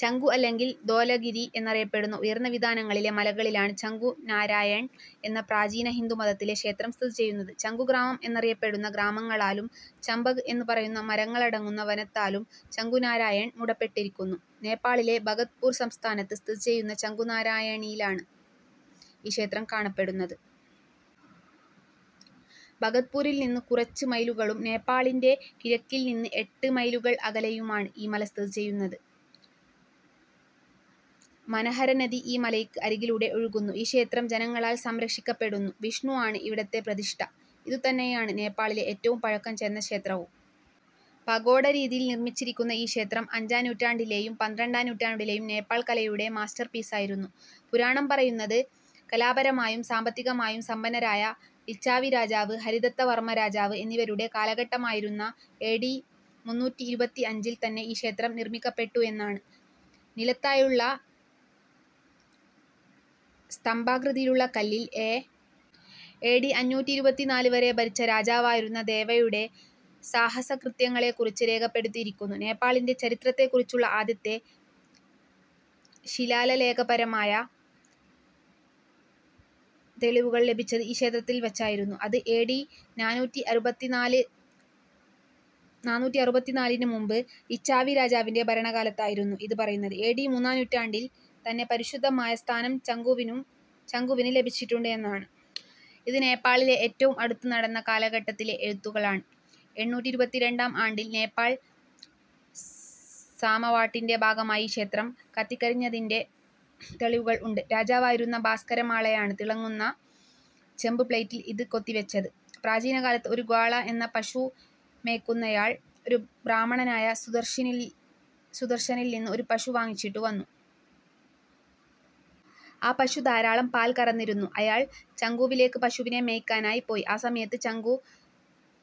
ചംഗു അല്ലെങ്കിൽ ദോലഗിരി എന്നറിയപ്പെടുന്ന ഉയർന്നവിതാനങ്ങളിലെ മലകളിലാണ് ചംഗു നാരായൺ എന്ന പ്രാചീന ഹിന്ദുമതത്തിലെ ക്ഷേത്രം സ്ഥിതിചെയ്യുന്നത്. ചംഗു ഗ്രാമം എന്നറിയപ്പെടുന്ന ഗ്രാമങ്ങളാലും, ചംപക് എന്ന് പറയുന്ന മരങ്ങളടങ്ങുന്ന വനത്താലും ചംഗു നാരായൺ മൂടപ്പെട്ടിരിക്കുന്നു. നേപ്പാളിലെ ബഗത്പൂർ സംസ്ഥാനത്ത് സ്ഥിതിചെയ്യുന്ന ചംഗു നാരായണിലാണ് ഈ ക്ഷേത്രം കാണപ്പെടുന്നത്. ബഗത്പൂരിൽ നിന്ന് കുറച്ച് മൈലുകളും, നേപ്പാളിൻ്റെ കിഴക്കിൽ നിന്ന് എട്ട് മൈലുകൾ അകലെയുമാണ് ഈ മല സ്ഥിതിചെയ്യുന്നത്. മനഹര നദി ഈ മലയ്ക്ക് അരികിലൂടെ ഒഴുകുന്നു. ഈ ക്ഷേത്രം ജനങ്ങളാൽ സംരക്ഷിക്കപ്പെടുന്നു. വിഷ്ണു ആണ് ഇവിടത്തെ പ്രതിഷ്ട. ഇതുതന്നെയാണ് നേപ്പാളിലെ ഏറ്റവും പഴക്കം ചെന്ന ക്ഷേത്രവും. പഗോഡ രീതിയിൽ നിർമ്മിച്ചിരിക്കുന്ന ഈ ക്ഷേത്രം അഞ്ചാം നൂറ്റാണ്ടിലേയും, പന്ത്രണ്ടാം നൂറ്റാണ്ടിലേയും നേപ്പാൾ കലയുടെ മാസ്റ്റർപീസായിരുന്നു. പുരാണം പറയുന്നത്, കലാപരമായും, സാമ്പത്തികമായും, സമ്പന്നരായ, ലിച്ചാവി രാജാവ്, ഹരിദത്ത വർമ രാജാവ് എന്നിവരുടെ കാലഘട്ടമായിരുന്ന എ. ഡി മുന്നൂറ്റിഇരുപത്തിഅഞ്ചിൽ തന്നെ ഈ ക്ഷേത്രം നിർമ്മിക്കപ്പെട്ടു എന്നാണ്. നിലത്തായുള്ള സ്തംഭാകൃതിയിലുള്ള കല്ലിൽ എ. ഡി അഞ്ഞൂറ്റീരുപത്തിനാല് വരെ ഭരിച്ച രാജാവായിരുന്ന ദേവയുടെ സാഹസകൃത്യങ്ങളെകുറിച്ച് രേഖപ്പെടുത്തിയിരിക്കുന്നു. നേപ്പാളിൻ്റെ ചരിത്രത്തെകുറിച്ചുള്ള ആദ്യത്തെ ശിലാലേഖപരമായ തെളിവുകൾ ലഭിച്ചത് ഈ ക്ഷേത്രത്തിൽ വച്ചായിരുന്നു, അത് എ. ഡി നാനൂറ്റിഅരറുപത്തിനാലിന് മുമ്പ് ലിച്ചാവി രാജാവിൻ്റെ ഭരണകാലത്തായിരുന്നു. ഇത് പറയുന്നത് എ. ഡി മൂന്നാം നൂറ്റാണ്ടിൽ തന്നെ പരിശുദ്ധമായ സ്ഥാനം ചംഗുവിന് ചങ്കുവിന് ലഭിച്ചിട്ടുണ്ട് എന്നാണ്. ഇത് നേപ്പാളിലെ ഏറ്റവും അടുത്ത് നടന്ന കാലഘട്ടത്തിലെ എഴുത്തുകളാണ്. എണ്ണൂറ്റീരുപത്തിരണ്ടാം ആണ്ടിൽ നേപ്പാൾ സാമവാട്ടിൻ്റെ ഭാഗമായി ഈ ക്ഷേത്രം കത്തിക്കരിഞ്ഞതിൻ്റെ തെളിവുകൾ ഉണ്ട്. രാജാവായിരുന്ന ബാസ്ക്കര മാളയാണ് തിളങ്ങുന്ന ചെമ്പ് പ്ലെയിറ്റിൽ ഇത് കൊത്തിവച്ചത്. പ്രാചീനകാലത്ത് ഒരു ഗ്വാള, എന്ന പശു മേക്കുന്നയാൾ, ഒരു ബ്രാഹ്മണനായ സുദർശനിൽസുദർശനിൽ നിന്ന് ഒരു പശു വാങ്ങിച്ചിട്ടു വന്നു. ആ പശു ധാരാളം പാൽ കറന്നിരുന്നു. അയാൾ ചംഗുവിലേക്ക് പശുവിനെ മേയ്ക്കാനായി പോയി. ആ സമയത്ത് ചംഗു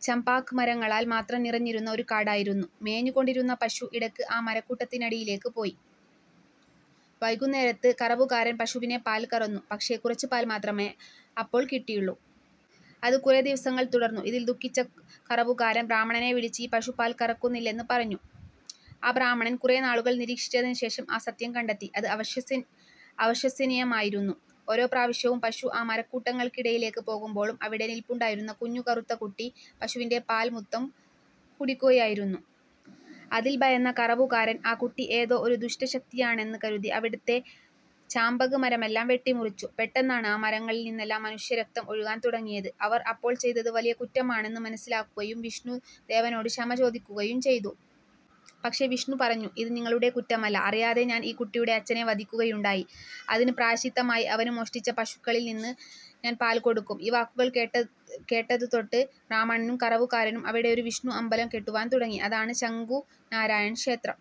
ചംപാക് മരങ്ങളാൽ മാത്രം നിറഞ്ഞിരുന്ന ഒരു കാടായിരുന്നു. മേഞ്ഞുകൊണ്ടിരിക്കുന്ന പശു ഇടക്ക് ആ മരക്കൂട്ടത്തിനിടയിലേക്ക് പോയി. വൈകുന്നേരത്ത് കറവുകാരൻ പശുവിനെ പാൽ കറന്നു. പക്ഷെ കുറച്ച് പാൽ മാത്രമേ അപ്പോൾ കിട്ടിയുള്ളു. അത് കുറേ ദിവസങ്ങൾ തുടർന്നു. ഇതിൽ ദുഃഖിച്ച കറവുകാരൻ ബ്രാഹ്മണനെ വിളിച്ച് ഈ പശു പാൽ കറക്കുന്നില്ലെന്ന് പറഞ്ഞു. ആ ബ്രാഹ്മണൻ കുറേ നാളുകൾ നിരീക്ഷിച്ചതിന് ശേഷം ആ സത്യം കണ്ടെത്തി. അത് അവിശ്വസനീയമായിരുന്നു. ഓരോ പ്രാവിശ്യവും പശു ആ മരക്കൂട്ടങ്ങൾക്കിടയിലേക്ക് പോകുമ്പോളും അവിടെ നിൽപ്പുണ്ടായിരുന്ന ‘കുഞ്ഞു കറുത്ത കുട്ടി’ പശുവിൻ്റെ പാൽ മൊത്തം കുടിക്കുകയായിരുന്നു. അതിൽ ഭയന്ന കറവുകാരൻ ആ കുട്ടി ഏതോ ഒരു ദുഷ്ട ശക്തിയാണെന്ന് കരുതി അവിടത്തെ ചാംപക് മരമെല്ലാം വെട്ടിമുറിച്ചു, പെട്ടെന്നാണ് ആ മരങ്ങളിൽ നിന്നെല്ലാം മനുഷ്യ രക്തം ഒഴുകാൻ തുടങ്ങിയത്. അവർ അപ്പോൾ ചെയ്തത് വലിയ കുറ്റമാണെന്ന് മനസ്സിലാക്കുകയും വിഷ്ണു ദേവനോട് ക്ഷമ ചോദിക്കുകയും ചെയ്തു. പക്ഷെ വിഷ്ണു പറഞ്ഞു, ഇത് നിങ്ങളുടെ കുറ്റമല്ല, അറിയാതെ ഞാൻ ഈ കുട്ടിയുടെ അച്ഛനെ വധിക്കുയുണ്ടായി, അതിന് പ്രായശ്ചിത്തമായി അവന് മോഷ്ടിച്ച പശുക്കളിൽ നിന്ന് ഞാൻ പാൽ കൊടുക്കും. ഈ വാക്കുകൾ കേട്ടതുതൊട്ട് ബ്രാഹ്മണനും, കറവക്കാരനും അവിടെയൊരു വിഷ്ണു അമ്പലം കെട്ടുവാൻ തുടങ്ങി. അതാണ് ചംഗു നാരായൺ ക്ഷേത്രം.